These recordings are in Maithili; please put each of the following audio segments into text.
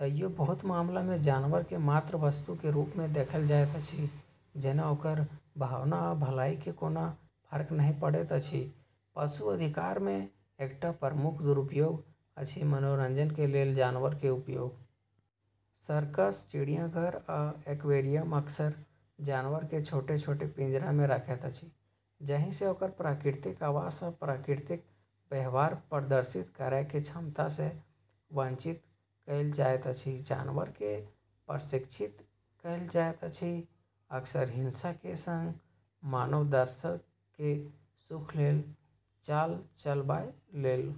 तइयो बहुतो मामला मे जानवर के मात्र वस्तु के रूप मे देखल जाएत अछि, जेना ओकर भावना आ भलाई के कोनो फर्क नहि पड़ैत अछि। पशु अधिकार के एकटा प्रमुख दुरुपयोग अछि मनोरंजन के लेल जानवर के उपयोग। सर्कस, चिड़ियाघर आ एक्वेरियम अक्सर जानवर के छोट-छोट पिंजरा मे रखैत अछि, जाहि सँ ओकर प्राकृतिक आवास आ प्राकृतिक व्यवहार प्रदर्शित करय के क्षमता सँ वंचित कएल जाएत अछि। जानवर के प्रशिक्षित कएल जाएत अछि, अक्सर हिंसा के संग, मानव दर्शक के सुख लेल चाल चलाबय लेल।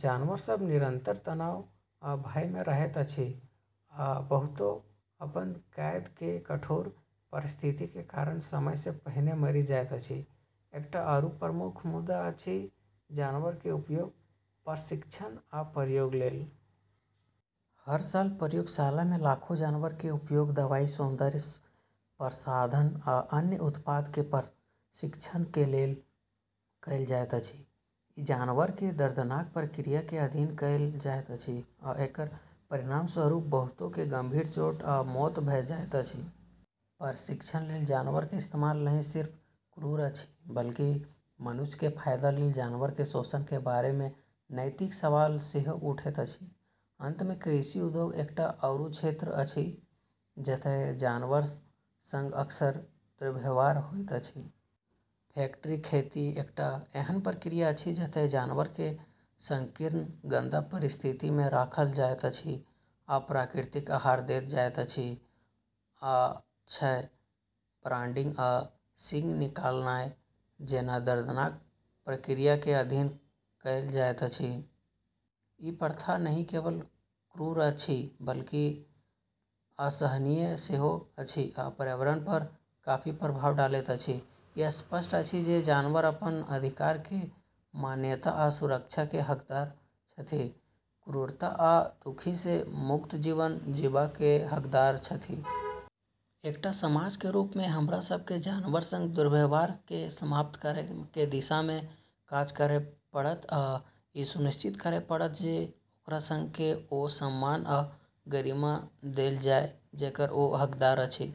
जानवर सभ निरंतर तनाव आ भय मे रहैत अछि, आ बहुतो अपन कैद के कठोर परिस्थिति के कारण समय सँ पहिने मरि जाएत अछि। एकटा आरू प्रमुख मुद्दा अछि जानवर के उपयोग परीक्षण आ प्रयोग लेल। हर साल प्रयोगशाला मे लाखों जानवर के उपयोग दवाई, सौंदर्य प्रसाधन आ अन्य उत्पाद के परीक्षण के लेल कएल जाएत अछि। ई जानवर के दर्दनाक प्रक्रिया के अधीन कएल जाएत अछि, आ एकर परिणामस्वरूप बहुतो के गंभीर चोट आ मौत भ जाएत अछि। परीक्षण लेल जानवर के इस्तेमाल नहि सिर्फ क्रूर अछि, बल्कि मनुष्य के फायदा लेल जानवर के शोषण के बारे मे नैतिक सवाल सेहो उठैत अछि। अंत मे कृषि उद्योग एकटा आरू क्षेत्र अछि जतय जानवर संग अक्सर दुर्व्यवहार होइत अछि। फैक्ट्री खेती एकटा एहन प्रक्रिया अछि जतय जानवर के संकीर्ण, गंदा परिस्थिति मे राखल जाएत अछि, अप्राकृतिक आहार देल जाएत अछि, आ क्षय, ब्रांडिंग आ सींग निकालनाय जेना दर्दनाक प्रक्रिया के अधीन कएल जाएत अछि। ई प्रथा नहि केवल क्रूर अछि बल्कि असहनीय सेहो अछि आ पर्यावरण पर काफी प्रभाव डालैत अछि। ई स्पष्ट अछि जे जानवर अपन अधिकार के मान्यता आ सुरक्षा के हकदार छथि। क्रूरता आ दुख सँ मुक्त जीवन जीबाक हकदार छथि। एकटा समाज के रूप मे हमरा सब के जानवर संग दुर्व्यवहार के समाप्त करय के दिशा मे काज करय पड़त आ ई सुनिश्चित करय पड़त जे ओकरा संग ओ सम्मान आ गरिमा देल जाय जेकर ओ हकदार अछि।